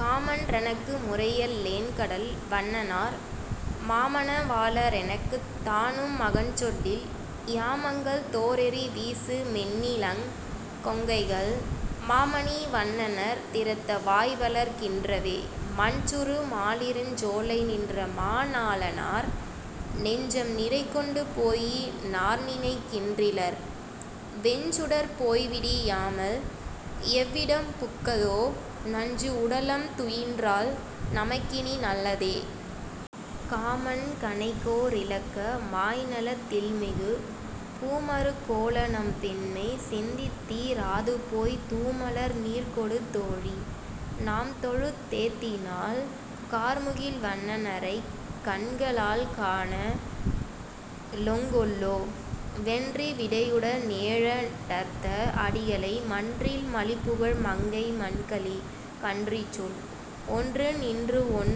Common றனக்கு முரையல் லேன்கடல் வண்ணனார், மாமண வாள ரெனக்குத் தானும் மகன்சொல்லில், யாமங்கள் தோறெரி வீசு மென்னிளங் கொங்கைகள், மாமணி வண்ணர் திறத்த வாய்வளர் கின்றவே.. மன்சுறு மாலிருஞ் சோலை நின்ற மணாளனார், நெஞ்சம் நிறைகொண்டு போயி னார்நினை கின்றிலர், வெஞ்சுடர் போய்விடி யாமல் எவ்விடம் புக்கதோ, நஞ்சு உடலம் துயின்றால் நமக்கினி நல்லதே.. காமன் கணைக்கோ ரிலக்க மாய்நலத் தில்மிகு, பூமரு கோலநம் பெண்மை சிந்தித்தி ராதுபோய் தூமலர் நீர்கொடு தோழி. நாம்தொழு தேத்தினால் கார்முகில் வண்ணரைக் கண்க ளால்காண லாங் கொலோ.. வென்றி விடையுட னேழ டர்த்த அடிகளை, மன்றில் மலிபுகழ் மங்கை மன்கலி கன்றிசொல், ஒன்று நின்றவொன்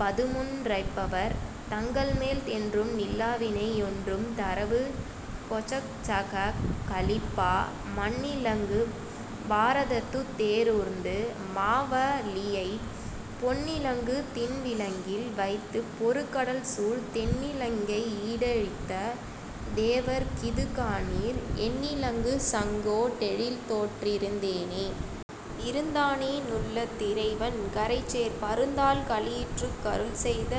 பதுமு ரைப்பவர் தங்கள்மேல் என்றும் நில்லாவினை யொன்றும் தரவு கொச்சகக் கலிப்பா மன்னிலங்கு பாரதத்துத் தேரூர்ந்து, மாவலியைப் பொன்னிலங்கு திண்விலங்கில் வைத்துப் பொருகடல்சூழ் தென்னிலங்கை யீடழித்த தேவர்க் கிதுகாணீர் என்னிலங்கு சங்கோ டெழில்தோற் றிருந்தேனே.. இருந்தானெ னுள்ளத் திறைவன், கறைசேர் பருந்தாள் களிற்றுக் கருள்செய்த,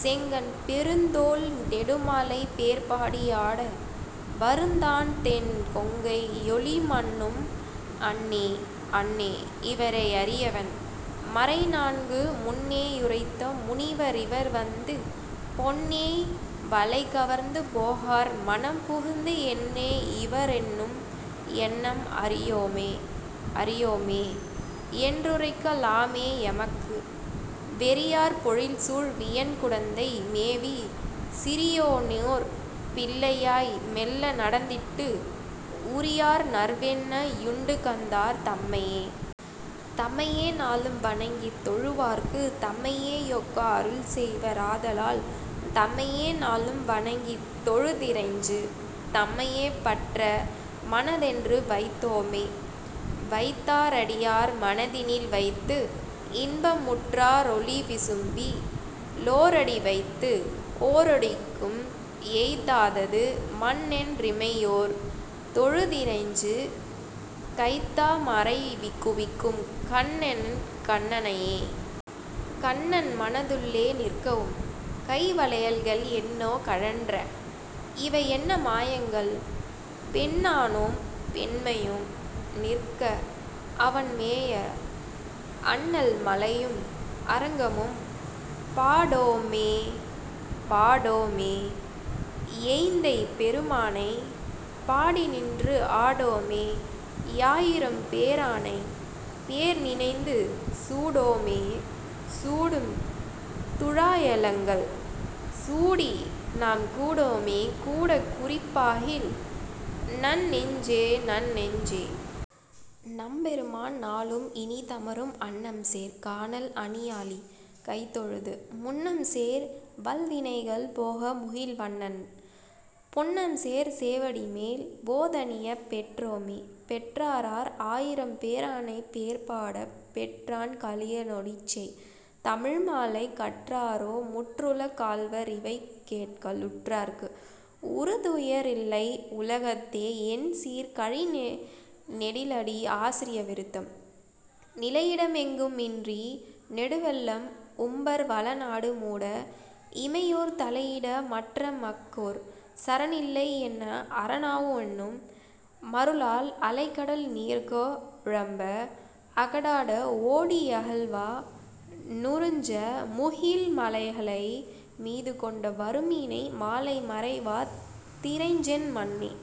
செங்கண் பெருந்தோள் நெடுமாலைப் பேர்பாடி யாட வருந்தாதென் கொங்கை யொளிமன்னும் அன்னே.. அன்னே. இவரை யறிவன், மறைநான்கும் முன்னே யுரைத்த முனிவ ரிவர்வந்து பொன்னேய் வளைகவர்ந்து போகார் மனம்புகுந்து என்னே யிவரெண்ணும் எண்ணம் அறியோமே.. அறியோமே யென்றுரைக்க லாமே எமக்கு, வெறியார் பொழில்சூழ் வியன்குடந்தை மேவி, சிறியானோர் பிள்ளையாய் மெள்ள நடந்திட்டு உறியார் நறுவெண்ணெ யுண்டுகந்தார் தம்மையே?. தம்மையே நாளும் வணங்கித் தொழுவார்க்கு, தம்மையே யொக்க அருள்செய்வ ராதலால், தம்மையே நாளும் வணங்கித் தொழுதிறைஞ்சி, தம்மையே பற்றா மனத்தென்றும் வைத்தோமே.. வைத்தா ரடியார் மனத்தினில் வைத்து, இன்பம் உற்றா ரொளிவிசும்பி லோரடிவைத்து, ஓரடிக்கும் எய்த்தாது மண்ணென் றிமையோர் தொழுதிறைஞ்சி, கைத்தா மரைகுவிக்கும் கண்ணனென் கண்ணனையே. கண்ணன் மனத்துள்ளே நிற்கவும், கைவளைகள் என்னோ கழன்ற? இவையென்ன மாயங்கள்? பெண்ணானோம் பெண்மையோம் நிற்க, அவன்மேய, அண்ணல் மலையும் அரங்கமும் பாடோமே.. பாடோமே யெந்தை பெருமானை? பாடிநின்று ஆடோமே யாயிரம் பேரானை? பேர்நினைந்து சூடோமே சூடும் துழாயலங்கல்? சூடி, நாம் கூடோமே கூடக் குறிப்பாகில்? நன்னெஞ்சே.. நன்னெஞ்சே. நம்பெருமான் நாளும் இனிதமரும், அன்னம்சேர் கானல் அணியாலி கைதொழுது, முன்னம்சேர் வல்வினைகள் போக முகில்வண்ணன், பொன்னம்சேர் சேவடிமேல் போதணியப் பெற்றோமே.. பெற்றாரார் ஆயிரம் பேரானைப், பேர்பாடப் பெற்றான் கலிய னொலிசெய் தமிழ்மாலை, கற்றாரோ முற்றுல காள்வ ரிவைகேட்க லுற்றார்க்கு, உறுதுய ரில்லை யுலகத்தே எண்சீர்க் கழிநெடிலடி ஆசிரிய விருத்தம் நிலையிட மெங்கு மின்றி நெடுவெள்ளம் உம்பர் வளநாடு மூட இமையோர் தலையிட மற்றெ மக்கொர் சரணில்லை என்ன அரணாவ னென்னு மருளால் அலைகடல் நீர்க்கு ழம்ப அகடாட ஒடி யகல்வா னுரிஞ்ச, முதுகில் மலைகளை மீது கொண்டு வருமீனை மாலை மறவா திறைஞ்சென் மனனே..